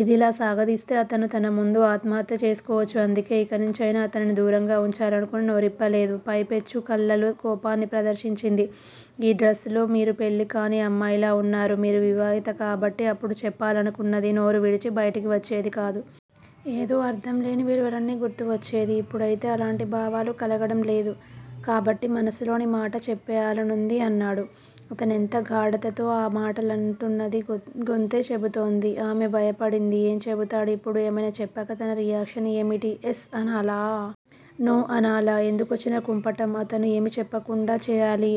ఇదిలా సాగదీస్తే అతను తన ముందు ఆత్మహత్య చేసుకోవచ్చు. అందుకే ఇకనుంచైనా అతనిని దూరంగా వుంచాలనుకుని నోరిప్ప లేదు. పైపెచ్చు కళ్ళల్లో కోపాన్ని ప్రదర్శించింది. ఈ డ్రస్ లో మీరు పెళ్ళి కాని అమ్మాయిలా వున్నారు. మీరు వివాహిత కాబట్టి అప్పుడు చెప్పాలనుకున్నది నోరు విడిచి బయటికి వచ్చేది కాదు. ఏదో అర్ధం లేని విలువలన్నీ గుర్తు వచ్చేది ఇప్పుడైతే అలాంటి భావాలు కలగడం లేదు. కాబట్టి మనసులోని మాట చెప్పేయాలనుంది అన్నాడు. అతనెంత గాఢతతో ఆ మాటలంటున్నది గొంతే చెబుతోంది. ఆమె భయపడింది. ఏం చెబుతాడు ఇప్పుడు? ఏమైనా చెప్పాక తన రియాక్షన్ ఏమిటి? ఎస్ అనాలా? నో అనాలా? ఎందుకొచ్చిన కుంపటం, అతను ఏమీ చెప్పకుండా చేయాలి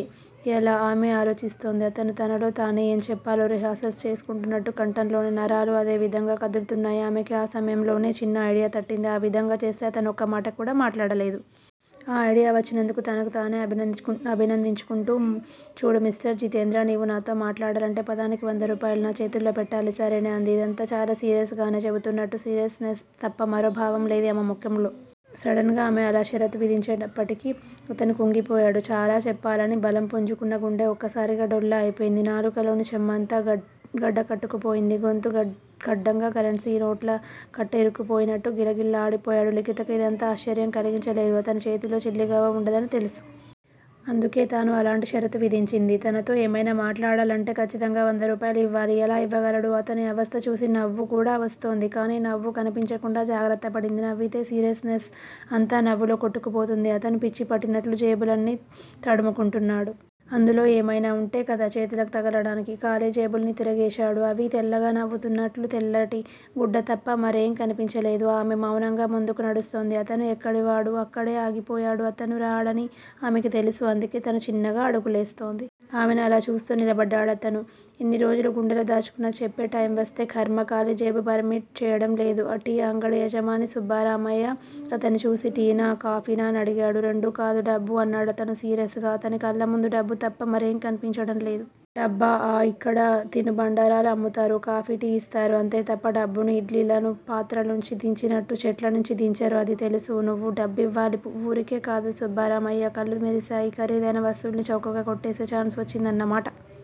ఎలా? ఆమె ఆలోచిస్తోంది. అతను తనలో తానే ఏం చెప్పాలో రిహార్సల్స్ చేసుకుంటున్నట్టు కంఠంలోని నరాలు అదే విధంగా కదులుతున్నాయి. ఆమెకి ఆ సమయంలోనే చిన్న ఐడియా తట్టింది. ఆ విధంగా చేస్తే అతను ఒక్క మాట కూడా మాట్లాడలేదు. ఆ ఐడియా వచ్చినందుకు తనకు తానే అభినందించుకుంటూ చూడు మిస్టర్ జితేంద్ర! నీవు నాతో మాట్లాడాలంటే పదానికి వంద రూపాయలు నా చేతుల్లో పెట్టాలి. సరేనా అంది. ఇదంతా చాలా సీరియస్ గానే చెబుతున్నట్టు సీరియస్ నెస్ తప్ప మరో భావం లేదు ఆమె ముఖంలో. సడన్ గా ఆమె అలా షరతు విధించేటప్పటికి అతను కుంగిపోయాడు. చాలా చెప్పాలని బలం పుంజుకున్న గుండె ఒక్కసారిగా డొల్ల అయిపోయింది. నాలుకలోని చెమ్మంతా గడ్డ కట్టుకుపోయింది. గొంతు కడ్డంగా కరెన్సీనోట్ల కట్ట ఇరుక్కుపోయినట్టు గిలగిల్లాడిపోయాడు. లిఖితకు ఇదంతా ఆశ్చర్యం కలిగించలేదు. అతని చేతిలో చిల్లిగవ్వ వుండదని తెలుసు. అందుకే తాను అలాంటి షరతు విధించింది. తనతో ఏమైనా మాట్లాడాలంటే ఖచ్చితంగా వంద రూపాయలు ఇవ్వాలి. ఎలా ఇవ్వగలడు-? అతని అవస్థ చూసి నవ్వుకూడా వస్తోంది. కానీ నవ్వు కనిపించకుండా జాగ్రత్త పడింది. నవ్వితే సీరియస్ నెస్ అంతా నవ్వులో కొట్టుకుపోతుంది. అతను పిచ్చిపట్టినట్టు జేబులన్నీ తడుముకుంటున్నాడు. అందులో ఏమైనా వుంటే కదా చేతులకు తగలడానికి ఖాళీ జేబుల్ని తిరగేశాడు. అవి తెల్లగా నవ్వుతున్నట్లు తెల్లటి గుడ్డ తప్ప మరేం కనిపించలేదు. ఆమె మౌనంగా ముందుకు నడుస్తోంది. అతను ఎక్కడివాడు అక్కడే ఆగిపోయాడు. అతను రాడని ఆమెకు తెలుసు అందుకే తను చిన్నగా అడుగులేస్తోంది. ఆమెను అలా చూస్తూ నిలబడ్డాడు అతను. ఇన్నిరోజులు గుండెలో దాచుకున్నది చెప్పే టైమ్ వస్తే ఖర్మ కాలి జేబు పర్మిట్ చేయటం లేదు. టీ అంగడి యజమాని సుబ్బరామయ్య అతని చూసి టీనా? కాఫీనా అని అడిగాడు. రెండూ కాదు- డబ్బు అన్నాడతను సీరియస్ గా అతని కళ్ళు ముందు డబ్బు తప్ప మరేం కనిపించడం లేదు. డబ్బా! ఆ ఇక్కడ తినుబండారాలు అమ్ముతారు. కాఫీ, టీ ఇస్తారు. అంతే తప్ప డబ్బును ఇడ్లీలను పాత్రల నుంచి దించినట్టు చెట్ల నుంచి దించరు అది తెలుసు. నువ్వు డబ్బివ్వాలి- వూరికే కాదు సుబ్బరామయ్య కళ్ళు మెరిసాయి. ఖరీదైన వస్తువుల్ని చౌకగా కొట్టేసే ఛాన్స్ వచ్చిందన్న మాట.